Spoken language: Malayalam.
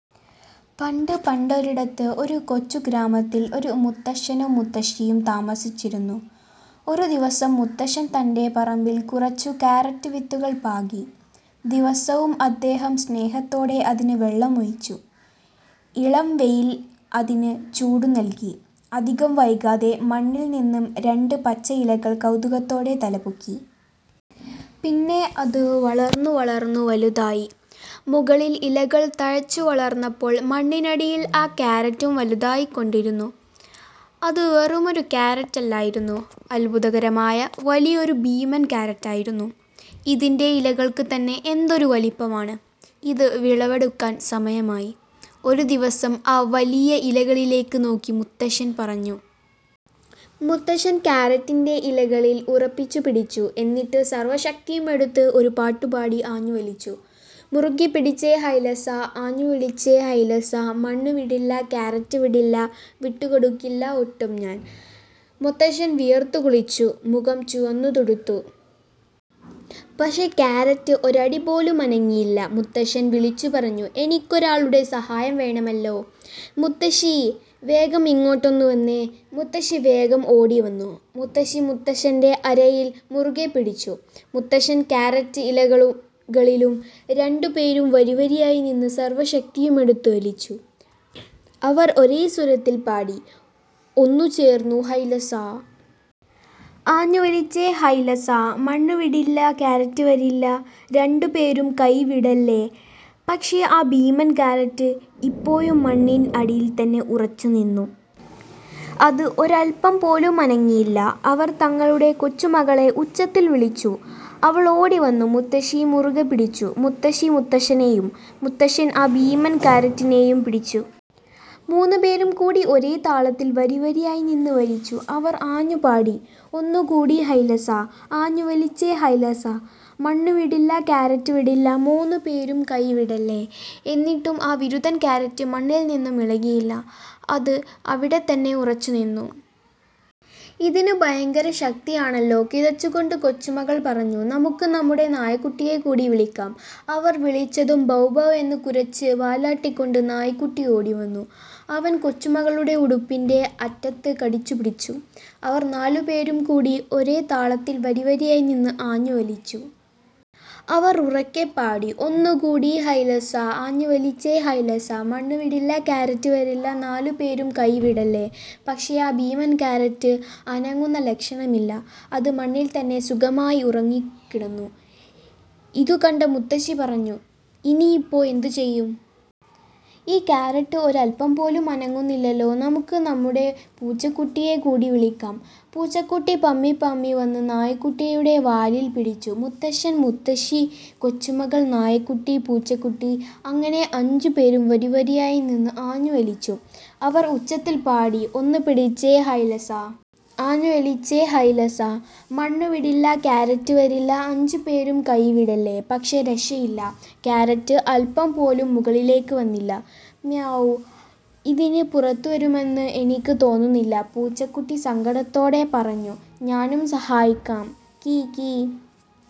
പണ്ട് പണ്ടൊരിടത്ത്, ഒരു കൊച്ചു ഗ്രാമത്തിൽ ഒരു മുത്തശ്ശനും മുത്തശ്ശിയും താമസിച്ചിരുന്നു. ഒരുദിവസം, മുത്തശ്ശൻ തന്റെ പറമ്പിൽ കുറച്ചു കാരറ്റ് വിത്തുകൾ പാകി. ദിവസവും അദ്ദേഹം സ്നേഹത്തോടെ അതിന് വെള്ളമൊഴിച്ചു. ഇളം വെയിൽ അതിന് ചൂടുനൽകി. അധികം വൈകാതെ, മണ്ണിൽ നിന്ന് രണ്ട് പച്ച ഇലകൾ കൗതുകത്തോടെ തലപൊക്കി. പിന്നെ അത് വളർന്നു… വളർന്നു… വലുതായി! മുകളിൽ ഇലകൾ തഴച്ചു വളർന്നപ്പോൾ, മണ്ണിനടിയിൽ ആ കാരറ്റും വലുതായിക്കൊണ്ടിരുന്നു. അത് വെറുമൊരു കാരറ്റല്ലായിരുന്നു, അത്ഭുതകരമായ വലിയൊരു ഭീമൻ കാരറ്റായിരുന്നു! "ഇതിന്റെ ഇലകൾക്ക് തന്നെ എന്തൊരു വലിപ്പമാണ്! ഇത് വിളവെടുക്കാൻ സമയമായി. " ഒരു ദിവസം ആ വലിയ ഇലകളിലേക്ക് നോക്കി മുത്തശ്ശൻ പറഞ്ഞു. മുത്തശ്ശൻ കാരറ്റിന്റെ ഇലകളിൽ ഉറപ്പിച്ചു പിടിച്ചു. എന്നിട്ട് സർവ്വ ശക്തിയുമെടുത്ത് ഒരു പാട്ടും പാടി ആഞ്ഞു വലിച്ചു. മുറുക്കി പിടിച്ചേ… ഹൈലേസാ! ആഞ്ഞു വലിച്ചേ… ഹൈലേസാ! മണ്ണു വിടില്ല, കാരറ്റ് വരില്ല, വിട്ടു കൊടുക്കില്ല ഒട്ടും ഞാൻ! മുത്തശ്ശൻ വിയർത്തു കുളിച്ചു, മുഖം ചുവന്നു തുടുത്തു. പക്ഷേ കാരറ്റ് ഒരടി പോലും അനങ്ങിയില്ല! മുത്തശ്ശൻ വിളിച്ചു പറഞ്ഞു, "എനിക്കൊരാളുടെ സഹായം വേണമല്ലോ! മുത്തശ്ശീ… വേഗം ഇങ്ങോട്ടൊന്നു വന്നേ! " മുത്തശ്ശി വേഗം ഓടിവന്നു. മുത്തശ്ശി മുത്തശ്ശന്റെ അരയിൽ മുറുകെപ്പിടിച്ചു, മുത്തശ്ശൻ കാരറ്റ് ഇലകളിലും. രണ്ടുപേരും വരിവരിയായി നിന്ന് സർവ്വ ശക്തിയുമെടുത്ത് വലിച്ചു. അവർ ഒരേ സ്വരത്തിൽ പാടി: ഒന്നു ചേർന്നു… ഹൈലേസാ! ആഞ്ഞു വലിച്ചേ… ഹൈലേസാ! മണ്ണു വിടില്ല, കാരറ്റ് വരില്ല, രണ്ടുപേരും കൈ വിടല്ലേ! " പക്ഷേ, ആ ഭീമൻ കാരറ്റ് ഇപ്പോഴും മണ്ണിൽ തന്നെ ഉറച്ചുനിന്നു. അത് ഒരല്പം പോലും അനങ്ങിയില്ല. അവർ തങ്ങളുടെ കൊച്ചുമകളെ ഉച്ചത്തിൽ വിളിച്ചു. അവൾ ഓടിവന്നു മുത്തശ്ശിയെ മുറുകെപ്പിടിച്ചു. മുത്തശ്ശി മുത്തശ്ശനെയും, മുത്തശ്ശൻ ആ ഭീമൻ കാരറ്റിലും പിടിച്ചു. മൂന്നുപേരും കൂടി ഒരേ താളത്തിൽ വരിവരിയായി നിന്ന് വലിച്ചു! അവർ ആഞ്ഞു പാടി: ഒന്നുകൂടി… ഹൈലേസാ! ആഞ്ഞു വലിച്ചേ… ഹൈലേസാ! മണ്ണു വിടില്ല, കാരറ്റ് വരില്ല, മൂന്നുപേരും കൈ വിടല്ലേ! " എന്നിട്ടും ആ വിരുതൻ കാരറ്റ് മണ്ണിൽ നിന്ന് ഇളകിയില്ല. അത് അവിടെ തന്നെ ഉറച്ചുനിന്നു. "ഇതിന് ഭയങ്കര ശക്തിയാണല്ലോ! " കിതച്ചുകൊണ്ട് കൊച്ചുമകൾ പറഞ്ഞു. "നമുക്ക് നമ്മുടെ നായക്കുട്ടിയെ കൂടി വിളിക്കാം. " അവൾ വിളിച്ചതും, "ഭൗ ഭൗ" എന്ന് കുരച്ച് വാലാട്ടിക്കൊണ്ട് നായക്കുട്ടി ഓടിവന്നു. അവൻ കൊച്ചുമകളുടെ ഉടുപ്പിന്റെ അറ്റത്ത് കടിച്ചുപിടിച്ചു. അവർ നാലുപേരും കൂടി ഒരേ താളത്തിൽ വരിവരിയായി നിന്ന് ആഞ്ഞു വലിച്ചു. അവർ ഉറക്കെ പാടി: ഒന്നുകൂടി… ഹൈലേസാ! ആഞ്ഞു വലിച്ചേ… ഹൈലേസാ! മണ്ണു വിടില്ല, കാരറ്റ് വരില്ല, നാലുപേരും കൈ വിടല്ലേ! " പക്ഷേ, ആ ഭീമൻ കാരറ്റ് അനങ്ങുന്ന ലക്ഷണമില്ല! അത് മണ്ണിൽ തന്നെ സുഖമായി ഉറങ്ങിക്കിടന്നു. ഇതുകണ്ട മുത്തശ്ശി പറഞ്ഞു "ഇനിയിപ്പോ എന്ത് ചെയ്യും? ഈ കാരറ്റ് ഒരല്പം പോലും അനങ്ങുന്നില്ലല്ലോ! നമുക്ക് നമ്മുടെ പൂച്ചക്കുട്ടിയെ കൂടി വിളിക്കാം. " പൂച്ചക്കുട്ടി പമ്മിപ്പമ്മി വന്ന് നായക്കുട്ടിയുടെ വാലിൽ പിടിച്ചു. മുത്തശ്ശൻ, മുത്തശ്ശി, കൊച്ചുമകൾ, നായക്കുട്ടി, പൂച്ചക്കുട്ടി അങ്ങനെ അഞ്ചുപേരും വരിവരിയായി നിന്ന് ആഞ്ഞു വലിച്ചു. അവർ ഉച്ചത്തിൽ പാടി ഒന്ന് പിടിച്ചേ… ഹൈലേസാ! ആഞ്ഞു വലിച്ചേ… ഹൈലേസാ! മണ്ണു വിടില്ല, കാരറ്റ് വരില്ല, അഞ്ചുപേരും കൈ വിടല്ലേ! " പക്ഷേ രക്ഷയില്ല! കാരറ്റ് അല്പം പോലും മുകളിലേക്ക് വന്നില്ല. "മ്യാവൂ… ഇതിനി പുറത്തുവരുമെന്ന് എനിക്ക് തോന്നുന്നില്ല," പൂച്ചക്കുട്ടി സങ്കടത്തോടെ പറഞ്ഞു ഞാനും സഹായിക്കാം! കീ… കീ…!